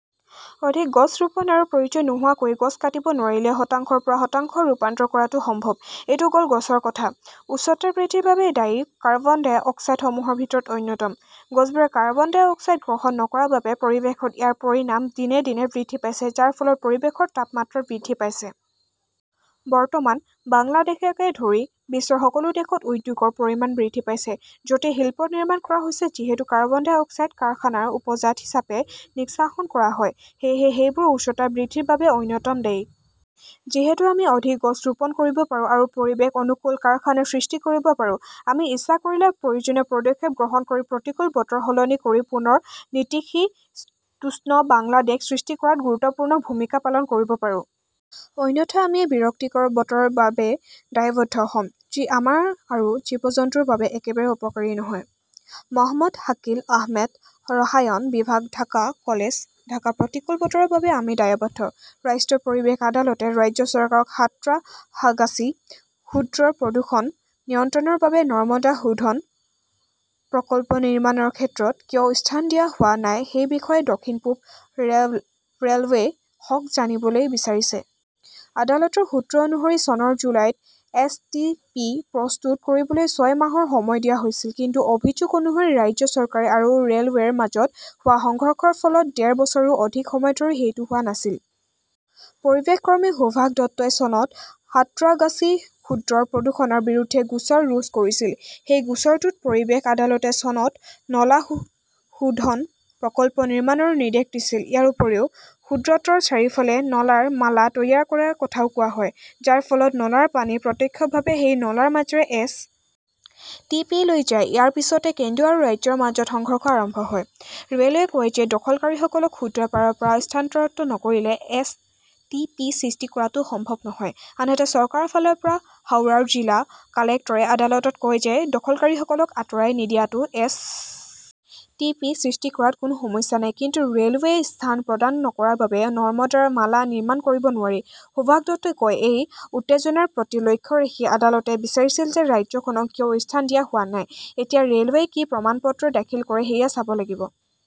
অধিক গছ ৰোপণ আৰু প্ৰয়োজন নোহোৱাকৈ গছ কাটিব নোৱাৰিলে শতাংশৰ পৰা শতাংশত ৰূপান্তৰ কৰাটো সম্ভৱ। এইটো গ 'ল গছৰ কথা। উষ্ণতা বৃদ্ধিৰ বাবে দায়ী কাৰ্বন ডাই অক্সাইডসমূহৰ ভিতৰত অন্যতম। গছবোৰে কাৰ্বন ডাই অক্সাইড গ্ৰহণ নকৰাৰ বাবে পৰিৱেশত ইয়াৰ পৰিমাণ দিনে দিনে বৃদ্ধি পাইছে, যাৰ ফলত পৰিৱেশৰ তাপমাত্ৰা বৃদ্ধি পাইছে। বৰ্তমান, বাংলাদেশকে ধৰি বিশ্বৰ সকলো দেশত উদ্যোগৰ পৰিমাণ বৃদ্ধি পাইছে। য 'তেই শিল্প নিৰ্মাণ কৰা হৈছে। যিহেতু কাৰ্বন ডাই অক্সাইড কাৰখানাৰ উপজাত হিচাপে নিষ্কাশন কৰা হয়, সেয়েহে সেইবোৰ উষ্ণতা বৃদ্ধিৰ বাবে অন্যতম দায়ী। যিহেতু আমি অধিক গছ ৰোপণ কৰিব পাৰোঁ আৰু পৰিৱেশ অনুকূল কাৰখানা সৃষ্টি কৰিব পাৰোঁ; আমি ইচ্ছা কৰিলে প্ৰয়োজনীয় পদক্ষেপ গ্ৰহণ কৰি প্ৰতিকূল বতৰ সলনি কৰি পুনৰ নাতিশীতোষ্ণ বাংলাদেশ সৃষ্টি কৰাত গুৰুত্বপূৰ্ণ ভূমিকা পালন কৰিব পাৰোঁ। অন্যথা আমি এই বিৰক্তিকৰ বতৰৰ বাবে দায়বদ্ধ হ 'ম, যি আমাৰ আৰু জীৱ-জন্তুৰ বাবে একেবাৰে উপকাৰী নহয়। মহম্মদ শাকিল আহমেদ ৰসায়ন বিভাগ ঢাকা কলেজ, ঢাকা প্ৰতিকূল বতৰৰ বাবে আমি দায়বদ্ধ। ৰাষ্ট্ৰীয় পৰিৱেশ আদালতে ৰাজ্য চৰকাৰক সাঁত্ৰাগাছী হ্ৰদৰ প্ৰদূষণ নিয়ন্ত্ৰণৰ বাবে নৰ্দমা শোধন প্ৰকল্প নিৰ্মাণৰ ক্ষেত্ৰত কিয় স্থান দিয়া হোৱা নাই সেই বিষয়ে দক্ষিণ-পূব ৰেʼলৱে শক জানিবলৈ বিচাৰিছে। আদালতৰ সূত্ৰ অনুসৰি চনৰ জুলাইত এছ. টি. পি. প্ৰস্তুত কৰিবলৈ ছয় মাহৰ সময় দিয়া হৈছিল। কিন্তু অভিযোগ অনুসৰি, ৰাজ্য চৰকাৰ আৰু ৰেʼলৱেৰ মাজত হোৱা সংঘৰ্ষৰ ফলত ডেৰ বছৰৰো অধিক সময় ধৰি সেইটো হোৱা নাছিল। পৰিৱেশ কৰ্মী সুভাষ দত্তই চনত সাঁত্ৰাগাছী হ্ৰদৰ প্ৰদূষণৰ বিৰুদ্ধে গোচৰ ৰুজু কৰিছিল। সেই গোচৰটোত পৰিৱেশ আদালতে চনত নলা শোধন প্ৰকল্প নিৰ্মাণৰ নিৰ্দেশ দিছিল। ইয়াৰ উপৰিও, হ্ৰদটোৰ চাৰিওফালে নলাৰ মালা তৈয়াৰ কৰাৰ কথাও কোৱা হয়, যাৰ ফলত নলাৰ পানী প্ৰত্যক্ষভাৱে সেই নলাৰ মাজেৰে এছ. টি. পি. -লৈ যায়। ইয়াৰ পিছতে কেন্দ্ৰ আৰু ৰাজ্যৰ মাজত সংঘৰ্ষ আৰম্ভ হয়। ৰে ʼলৱেই কয় যে দখলকাৰীসকলক হ্ৰদৰ পাৰৰ পৰা স্থানান্তৰ নকৰিলে এছ. টি. পি. সৃষ্টি কৰাটো সম্ভৱ নহয়। আনহাতে, চৰকাৰৰ ফালৰ পৰা হাওৰাৰ জিলা কালেক্টৰে আদালতত কয় যে দখলকাৰীসকলক আঁতৰাই নিদিয়াতো এছ. টি. পি. সৃষ্টি কৰাত কোনো সমস্যা নাই। কিন্তু ৰেʼলৱেয়ে স্থান প্ৰদান নকৰাৰ বাবে নৰ্দমাৰ মালা নিৰ্মাণ কৰিব নোৱাৰি। সুভাষ দত্তই কয়, এই উত্তেজনাৰ প্ৰতি লক্ষ্য ৰাখি আদালতে বিচাৰিছিল যে ৰাজ্যখনক কিয় স্থান দিয়া হোৱা নাই। এতিয়া ৰেʼলৱেই কি প্ৰমাণপত্ৰ দাখিল কৰে সেয়া চাব লাগিব।